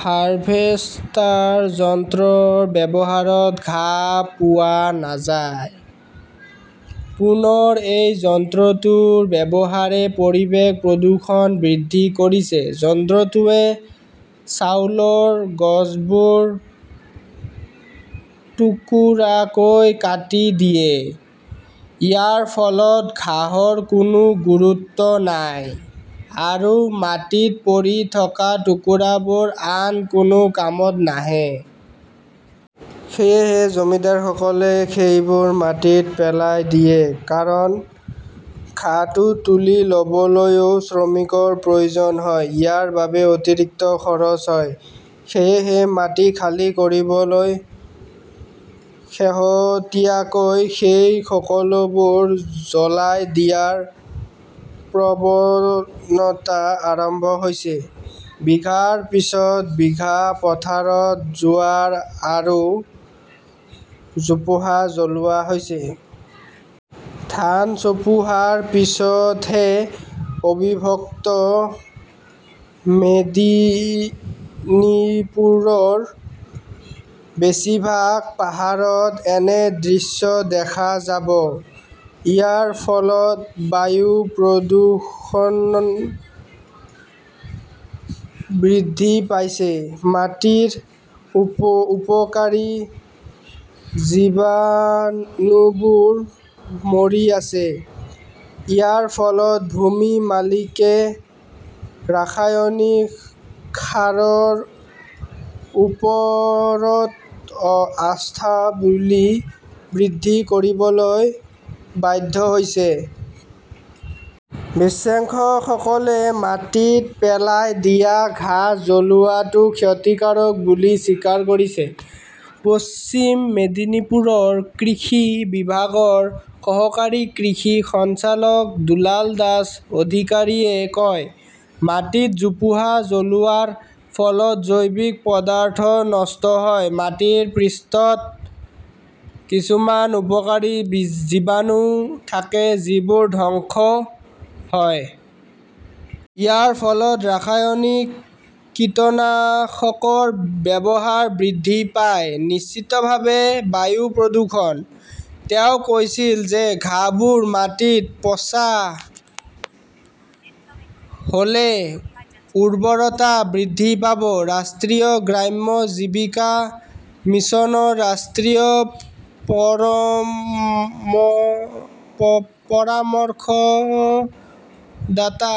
Harvester যন্ত্ৰৰ ব্যৱহাৰত ঘাঁহ পোৱা নাযায়। পুনৰ এই যন্ত্ৰটোৰ ব্যৱহাৰে পৰিৱেশ প্ৰদূষণ বৃদ্ধি কৰিছে। যন্ত্ৰটোৱে চাউলৰ গছবোৰ টুকুৰাকৈ কাটি দিয়ে। ইয়াৰ ফলত ঘাঁহৰ কোনো গুৰুত্ব নাই। আৰু মাটিত পৰি থকা টুকুৰাবোৰ আন কোনো কামত নাহে। সেয়েহে জমিদাৰসকলে সেইবোৰ মাটিত পেলাই দিয়ে। কাৰণ ঘাঁহটো তুলি ল "বলৈও শ্ৰমিকৰ প্ৰয়োজন হয়। ইয়াৰ বাবে অতিৰিক্ত খৰচ হয়। সেয়েহে মাটি খালী কৰিবলৈ শেহতীয়াকৈ সেই সকলোবোৰ জ্বলাই দিয়াৰ প্ৰৱণতা আৰম্ভ হৈছে। বিঘাৰ পিছত, বিঘা পথাৰত জোৱাৰ আৰু জোপোহা জ্বলোৱা হৈছে। ধান চপোৱাৰ পিছতহে অবিভক্ত মেদিনীপুৰৰ বেছিভাগ পথাৰত এনে দৃশ্য দেখা যাব। ইয়াৰ ফলত বায়ু প্ৰদূষণ বৃদ্ধি পাইছে। মাটিৰ উপকাৰী জীৱাণুবোৰ মৰি আছে। ইয়াৰ ফলত ভূমি মালিকে ৰাসায়নিক সাৰৰ ওপৰত আস্থা বৃদ্ধি কৰিবলৈ বাধ্য হৈছে। বিশেষজ্ঞসকলে মাটিত পেলাই দিয়া ঘাঁহ জ্বলোৱাটো ক্ষতিকাৰক বুলি স্বীকাৰ কৰিছে। পশ্চিম মেদিনীপুৰৰ কৃষি বিভাগৰ সহকাৰী কৃষি সঞ্চালক দুলাল দাস অধিকাৰীয়ে কয়, "মাটিত জোপোহা জ্বলোৱাৰ ফলত জৈৱিক পদাৰ্থ নষ্ট হয়। মাটিৰ পৃষ্ঠত কিছুমান উপকাৰী জীৱাণু থাকে যিবোৰ ধ্বংস হয়। ইয়াৰ ফলত ৰাসায়নিক কীটনাশকৰ ব্যৱহাৰ বৃদ্ধি পায়। নিশ্চিতভাৱে বায়ু প্ৰদূষণ। "তেওঁ কৈছিল যে ঘাঁহবোৰ মাটিত পচা হ" লে উৰ্বৰতা বৃদ্ধি পাব। ৰাষ্ট্ৰীয় গ্ৰাম্য জীৱিকা মিছনৰ ৰাষ্ট্ৰীয় পৰামৰ্শদাতা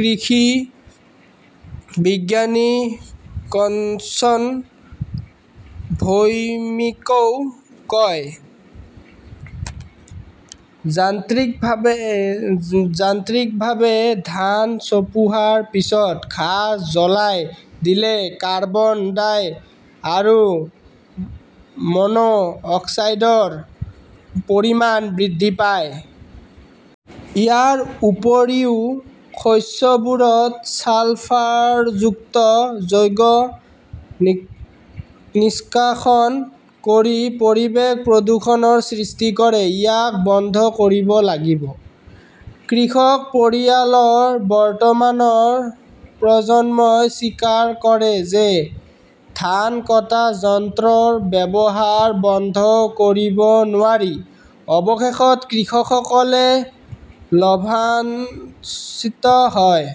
কৃষি বিজ্ঞানী কাঞ্চন ভৌমিকই কয়, "যান্ত্ৰিকভাৱে ধান চপোৱাৰ পিছত ঘাঁহ জ্বলাই দিলে কাৰ্বন ডাই আৰু মনো অক্সাইডৰ পৰিমাণ বৃদ্ধি পায়। ইয়াৰ উপৰিও শস্যবোৰত ছালফাৰযুক্ত যৌগ নিষ্কাশন কৰি পৰিৱেশ প্ৰদূষণৰ সৃষ্টি কৰে। ইয়াক বন্ধ কৰিব লাগিব। "কৃষক পৰিয়ালৰ বৰ্তমানৰ প্ৰজন্মই স্বীকাৰ কৰে যে ধান কটা যন্ত্ৰৰ ব্যৱহাৰ বন্ধ কৰিব নোৱাৰি। অৱশেষত কৃষকসকলে লাভান্বিত হয়।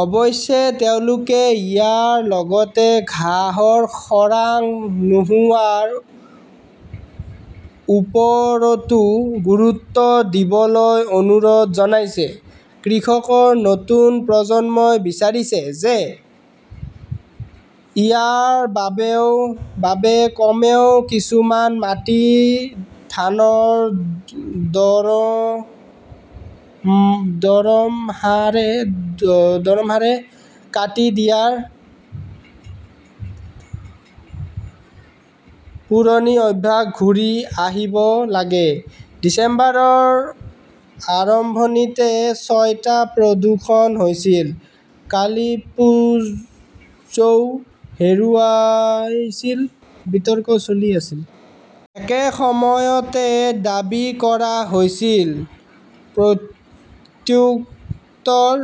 অৱশ্যে, তেওঁলোকে ইয়াৰ লগতে ঘাঁহৰ খৰাং নোহোৱাৰ ওপৰতো গুৰুত্ব দিবলৈ অনুৰোধ জনাইছে। কৃষকৰ নতুন প্ৰজন্মই বিচাৰিছে যে ইয়াৰ বাবে কমেও কিছুমান মাটি ধানৰ দৰমহাৰে কাটি দিয়াৰ পুৰণি অভ্যাস ঘূৰি আহিব লাগে। ডিচেম্বৰৰ আৰম্ভণিতে ছয়টা প্ৰদূষণ হৈছিল, কালিপ্পুজোও হেৰুৱাইছিল বিতৰ্ক চলি আছিল। একে সময়তে দাবী কৰা হৈছিল, প্ৰত্যুত্তৰ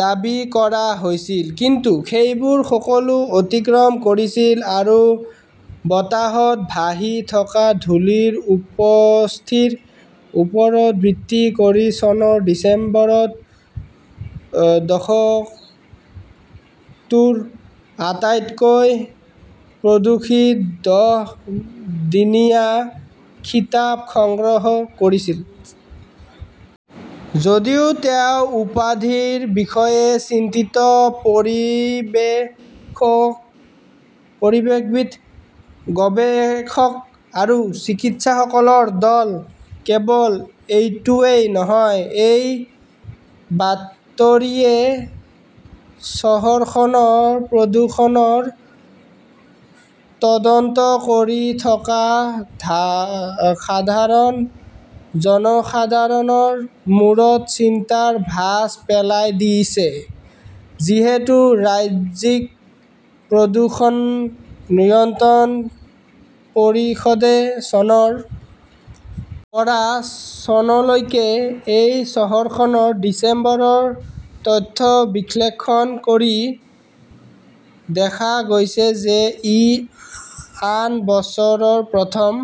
দাবী কৰা হৈছিল। কিন্তু সেইবোৰ সকলো অতিক্ৰম কৰিছিল আৰু বতাহত ভাহি থকা ধূলি ৰ উপস্থিতিৰ ওপৰত ভিত্তি কৰি চনৰ ডিচেম্বৰত দশকটোৰ আটাইতকৈ প্ৰদূষিত দহ দিনীয়া 'খিতাপ "সংগ্ৰহ কৰিছিল। যদিও তেওঁ 'উপাধি "ৰ বিষয়ে চিন্তিত পৰিৱেশবিদ-গৱেষক আৰু চিকিৎসকসকলৰ দল। কেৱল এইটোৱেই নহয়, এই বাতৰিয়ে চহৰখনৰ প্ৰদূষণৰ তদন্ত কৰি থকা সাধাৰণ জনসাধাৰণৰ মূৰত চিন্তাৰ ভাঁজ পেলাই দিছে। যিহেতু, ৰাজ্যিক প্ৰদূষণ নিয়ন্ত্ৰণ পৰিষদে চনৰ পৰা চনলৈকে এই চহৰখনৰ ডিচেম্বৰৰ তথ্য বিশ্লেষণ কৰি দেখা গৈছে যে ই আন বছৰৰ প্ৰথম